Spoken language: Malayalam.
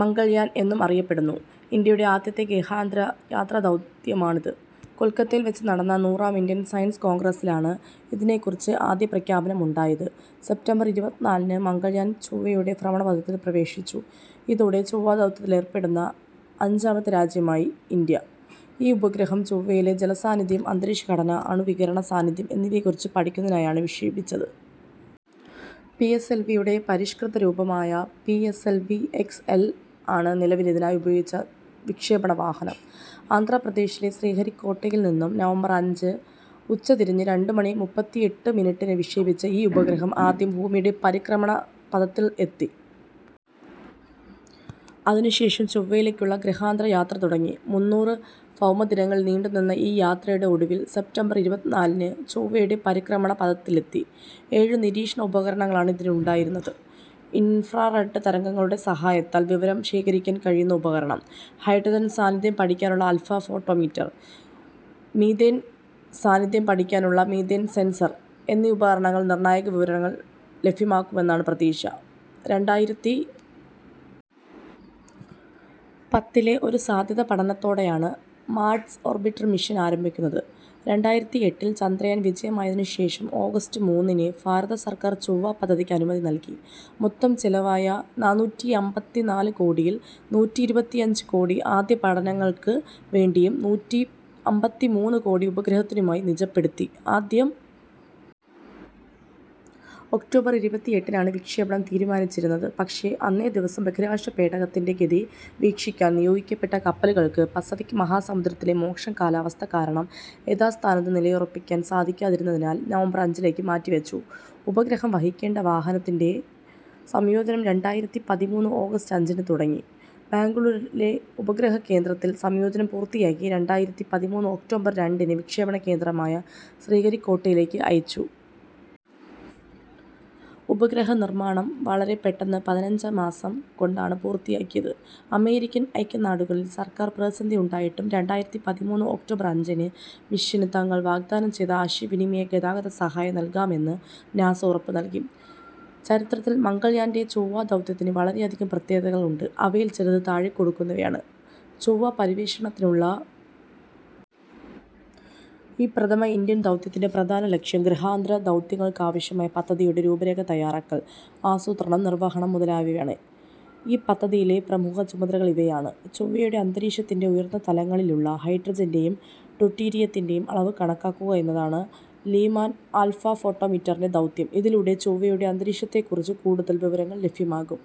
മംഗൾയാൻ എന്നും അറിയപ്പെടുന്നു. ഇന്ത്യയുടെ ആദ്യത്തെ ഗ്രഹാന്തര യാത്രാദൗത്യമാണ് ഇത്. കൊൽക്കത്തയിൽ വെച്ച് നടന്ന നൂറാം ഇന്ത്യൻ സയൻസ് കോൺഗ്രസ്സിലാണ് ഇതിനെക്കുറിച്ച് ആദ്യപ്രഖ്യാപനമുണ്ടായത്. സെപ്റ്റംബർ ഇരുപത്തിനാലിന് മംഗൾയാൻ ചൊവ്വയുടെ ഭ്രമണപഥത്തിൽ പ്രവേശിച്ചു. ഇതോടെ ചൊവ്വാദൗത്യത്തിലേർപ്പെടുന്ന അഞ്ചാമത്തെ രാജ്യമായി ഇന്ത്യ.ഈ ഉപഗ്രഹം ചൊവ്വയിലെ ജലസാന്നിധ്യം, അന്തരീക്ഷ ഘടന, അണുവികിരണ സാന്നിധ്യം എന്നിവയെക്കുറിച്ച് പഠിക്കുന്നതിനായാണ് വിക്ഷേപിച്ചത്. പി എസ് എൽ വി യുടെ പരിഷ്കൃത രൂപമായ P S L V X L ആണ് നിലവിൽ ഇതിനായി ഉപയോഗിച്ച വിക്ഷേപണ വാഹനം. ആന്ധ്രാപ്രദേശിലെ ശ്രീഹരിക്കോട്ടയിൽ നിന്നും നവംബർ അഞ്ച് ഉച്ചതിരിഞ്ഞ് രണ്ട് മണി മുപ്പത്തിയെട്ട് മിനിറ്റിന് വിക്ഷേപിച്ച ഈ ഉപഗ്രഹം ആദ്യം ഭൂമിയുടെ പരിക്രമണപഥത്തിൽ എത്തി. അതിനുശേഷം ചൊവ്വയിലേക്കുള്ള ഗ്രഹാന്തര യാത്ര തുടങ്ങി. മുന്നൂറ് ഭൗമദിനങ്ങൾ നീണ്ടുനിന്ന ഈ യാത്രയുടെ ഒടുവിൽ സെപ്റ്റംബർ ഇരുപത്തിനാലിന് ചൊവ്വയുടെ പരിക്രമണപഥത്തിൽ എത്തി.ഏഴ് നിരീക്ഷണ ഉപകരണങ്ങളാണ് ഇതിലുണ്ടായിരുന്നത്. ഇൻഫ്രാറെഡ് തരംഗങ്ങളുടെ സഹായത്താൽ വിവരം ശേഖരിക്കാൻ കഴിയുന്ന ഉപകരണം, ഹൈഡ്രജൻ സാന്നിധ്യം പഠിക്കാനുള്ള ആൽഫാ ഫോട്ടോമീറ്റർ, മീഥേൻ സാന്നിധ്യം പഠിക്കാനുള്ള മീഥേൻ സെൻസർ എന്നീ ഉപകരണങ്ങൾ നിർണായക വിവരങ്ങൾ ലഭ്യമാക്കുമെന്നാണ് പ്രതീക്ഷ. രണ്ടായിരത്തി പത്തിലെ ഒരു സാധ്യതാ പഠനത്തോടെയാണ് മാർസ് ഓർബിറ്റർ മിഷൻ ആരംഭിക്കുന്നത്. രണ്ടായിരത്തി എട്ടിൽ ചന്ദ്രയാൻ വിജയമായതിനു ശേഷം ആഗസ്റ്റ് മൂന്നിന് ഭാരത സർക്കാർ ചൊവ്വാ പദ്ധതിക്ക് അനുമതി നൽകി. മൊത്തം ചെലവായ നാനൂറ്റിയമ്പത്തിനാല് കോടിയിൽ നൂറ്റിയിരുപത്തിയഞ്ച് കോടി ആദ്യ പഠനങ്ങൾക്ക് വേണ്ടിയും നൂറ്റിയമ്പത്തിമൂന്ന് കോടി ഉപഗ്രഹത്തിനുമായി നിജപ്പെടുത്തി. ആദ്യം ഒക്ടോബർ ഇരുപത്തിയെട്ടിനാണ് വിക്ഷേപണം തീരുമാനിച്ചിരുന്നത്. പക്ഷേ അന്നേ ദിവസം ബഹിരാകാശപേടകത്തിന്റെ ഗതി വീക്ഷിക്കാൻ നിയോഗിക്കപ്പെട്ട കപ്പലുകൾക്ക് പസഫിക് മഹാസമുദ്രത്തിലെ മോശം കാലാവസ്ഥ കാരണം യഥാസ്ഥാനത്ത് നിലയുറപ്പിക്കാൻ സാധിക്കാതിരുന്നതിനാൽ നവംബർ അഞ്ചിലേക്ക് മാറ്റിവച്ചു. ഉപഗ്രഹം വഹിക്കേണ്ട വാഹനത്തിന്റെ സംയോജനം രണ്ടായിരത്തി പതിമൂന്ന് ആഗസ്റ്റ് അഞ്ചിന് തുടങ്ങി. ബാംഗ്ലൂരിലെ ഉപഗ്രഹ കേന്ദ്രത്തിൽ സംയോജനം പൂർത്തിയാക്കി രണ്ടായിരത്തി പതിമൂന്ന് ഒക്ടോബർ രണ്ടിന് വിക്ഷേപണ കേന്ദ്രമായ ശ്രീഹരിക്കോട്ടയിലേക്ക് അയച്ചു. ഉപഗ്രഹ നിർമ്മാണം വളരെ പെട്ടെന്ന് പതിനഞ്ച് മാസം കൊണ്ടാണ് പൂർത്തിയാക്കിയത്. അമേരിക്കൻ ഐക്യനാടുകളിൽ സർക്കാർ പ്രതിസന്ധി ഉണ്ടായിട്ടും രണ്ടായിരത്തി പതിമൂന്ന് ഒക്ടോബർ അഞ്ചിന് മിഷന് തങ്ങൾ വാഗ്ദാനം ചെയ്ത ആശയവിനിമയ ഗതാഗത സഹായം നൽകാമെന്ന് നാസ ഉറപ്പുനൽകി. ചരിത്രത്തിൽ മംഗൾയാന്റെ ചൊവ്വാ ദൗത്യത്തിന് വളരെയധികം പ്രത്യേകതകൾ ഉണ്ട്. അവയിൽ ചിലത് താഴെ കൊടുക്കുന്നവയാണ്. ചൊവ്വാപര്യവേഷണത്തിനുള്ള ഈ പ്രഥമ ഇന്ത്യൻ ദൗത്യത്തിന്റെ പ്രധാന ലക്ഷ്യം ഗ്രഹാന്തര ദൗത്യങ്ങൾക്കാവശ്യമായ പദ്ധതിയുടെ രൂപരേഖ തയ്യാറാക്കൽ, ആസൂത്രണം, നിർവഹണം മുതലായവയാണ്.ഈ പദ്ധതിയിലെ പ്രമുഖ ചുമതലകൾ ഇവയാണ്. ചൊവ്വയുടെ അന്തരീക്ഷത്തിന്റെ ഉയർന്ന തലങ്ങളിലുള്ള ഹൈഡ്രജന്റെയും ഡ്യൂട്ടീരിയത്തിന്റെയും അളവ് കണക്കാക്കുക എന്നതാണ് ലിമാൻ ആൽഫാ ഫോട്ടോമീറ്ററിന്റെ ദൗത്യം. ഇതിലൂടെ ചൊവ്വയുടെ അന്തരീക്ഷത്തെക്കുറിച്ച് കൂടുതൽ വിവരങ്ങൾ ലഭ്യമാകും.